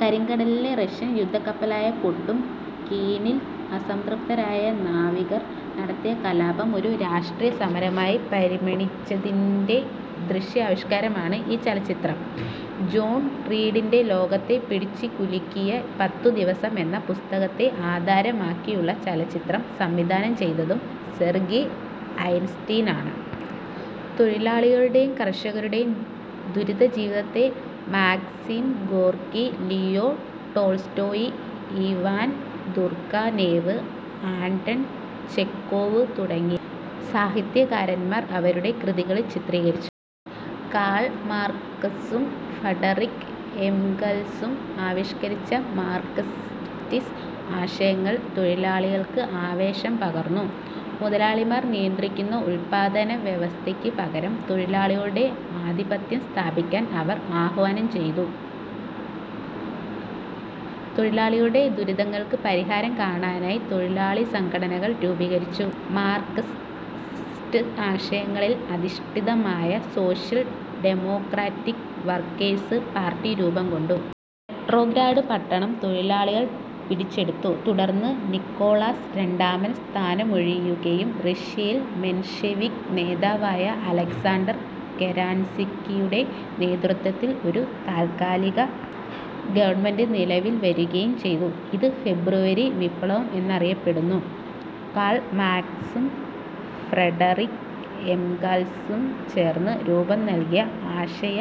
കരിങ്കടലിലെ Russian യുദ്ധക്കപ്പലായ പൊട്ടും കീനിൽ അസംതൃപ്തരായ നാവികർ നടത്തിയ കലാപം ഒരു രാഷ്ട്രീയസമരമായി പരിണമിച്ചതിന്റെ ദൃശ്യാവിഷ്കാരമാണ് ഈ ചലച്ചിത്രം. ജോൺ റീഡിന്റെ "ലോകത്തെ പിടിച്ചുകുലുക്കിയ പത്തു ദിവസം' എന്ന പുസ്തകത്തെ ആധാരമാക്കിയുള്ള ചലചിത്രം സംവിധാനം ചെയ്തതും സെർഗി ഐസൻസ്റ്റീനാണ്. തൊഴിലാളികളുടെയും കർഷകരുടെയും ദുരിതജീവിതത്തെ Maxim Gorky, Leo Tolstoy, Ivan Turgenev, Anton Chekhov തുടങ്ങിയ സാഹിത്യകാരന്മാർ അവരുടെ കൃതികളിൽ ചിത്രീകരിച്ചു. കാൾ മാർക്സും ഫഡറിക് ഏംഗൽസും ആവിഷ്കരിച്ച മാർക്സിസ്റ്റ് ആശയങ്ങൾ തൊഴിലാളികൾക്ക് ആവേശം പകർന്നു. മുതലാളിമാർ നിയന്ത്രിക്കുന്ന ഉൽപ്പാദനവ്യവസ്ഥയ്ക്ക് പകരം തൊഴിലാളികളുടെ ആധിപത്യം സ്ഥാപിക്കാൻ അവർ ആഹ്വാനം ചെയ്തു. തൊഴിലാളികളുടെ ദുരിതങ്ങൾക്ക് പരിഹാരം കാണാനായി തൊഴിലാളിസംഘടനകൾ രൂപീകരിച്ചു. മാർക്സിസ്റ്റ് ആശയങ്ങളിൽ അധിഷ്ഠിതമായ സോഷ്യൽ ഡെമോക്രാറ്റിക് വർക്കേഴ്സ് പാർട്ടി രൂപംകൊണ്ടു. പെട്രോഗ്രാഡ് പട്ടണം തൊഴിലാളികൾ പിടിച്ചെടുത്തു. തുടർന്ന് നിക്കോളാസ് രണ്ടാമൻ സ്ഥാനമൊഴിയുകയും റഷ്യയിൽ മെൻഷെവിക് നേതാവായ അലക്സാണ്ടർ കെരൻസ്കിയുടെ നേതൃത്വത്തിൽ ഒരു താൽക്കാലിക ഗവൺമെന്റ് നിലവിൽ വരുകയും ചെയ്തു. ഇത് ഫെബ്രുവരി വിപ്ലവം എന്നറിയപ്പെടുന്നു. കാൾ മാക്സും ഫ്രഡറിക് ഏംഗൽസും ചേർന്ന് രൂപം നൽകിയ ആശയ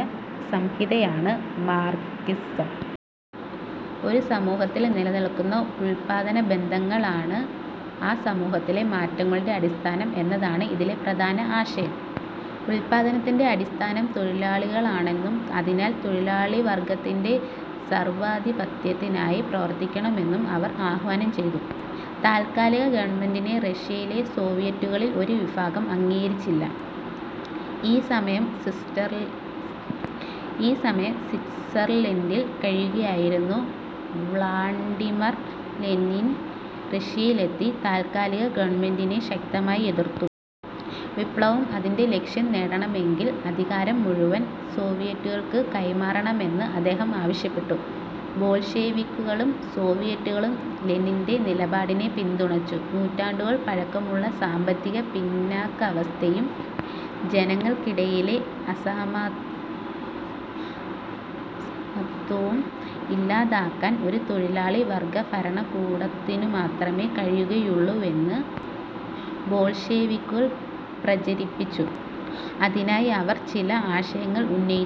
സംഹിതയാണ് മാർക്സിസം. ഒരു സമുഹത്തിൽ നിലനിൽക്കുന്ന ഉൽപ്പാദനബന്ധങ്ങളാണ് ആ സമൂഹത്തിലെ മാറ്റങ്ങളുടെ അടിസ്ഥാനം എന്നതാണ് ഇതിലെ പ്രധാന ആശയം. ഉൽപാദനത്തിന്റെ അടിസ്ഥാനം തൊഴിലാളികളാണെന്നും അതിനാൽ തൊഴിലാളിവർഗത്തിന്റെ സർവാധിപത്യത്തിനായി പ്രവർത്തിക്കണമെന്നും അവർ ആഹ്വാനം ചെയ്തു. താൽക്കാലിക ഗവൺമെന്റിനെ റഷ്യയിലെ സോവിയറ്റുകളിൽ ഒരു വിഭാഗം അംഗീകരിച്ചില്ല. ഈ സമയം സ്വിറ്റ്സർലൻഡിൽ കഴിയുകയായിരുന്ന വ്ളാഡിമിർ ലെനിൻ റഷ്യയിലെത്തി താൽക്കാലിക ഗവൺമെന്റിനെ ശക്തമായി എതിർത്തു. വിപ്ലവം അതിന്റെ ലക്ഷ്യം നേടണമെങ്കിൽ അധികാരം മുഴുവൻ സോവിയറ്റുകൾക്ക് കൈമാറണമെന്ന് അദ്ദേഹം ആവശ്യപ്പെട്ടു. ബോൾഷെവിക്കുകളും സോവിയറ്റുകളും ലെനിന്റെ നിലപാടിനെ പിന്തുണച്ചു. നൂറ്റാണ്ടുകൾ പഴക്കമുള്ള സാമ്പത്തിക പിന്നാക്കാവസ്ഥയും ജനങ്ങൾക്കിടയിലെ അസമത്വവും ഇല്ലാതാക്കാൻ ഒരു തൊഴിലാളി വർഗ ഭരണകൂടത്തിനുമാത്രമേ കഴിയുകയുള്ളൂവെന്ന് ബോൾഷെവിക്കുകൾ പ്രചരിപ്പിച്ചു. അതിനായി അവർ ചില ആവശ്യങ്ങൾ ഉന്നയിച്ചു.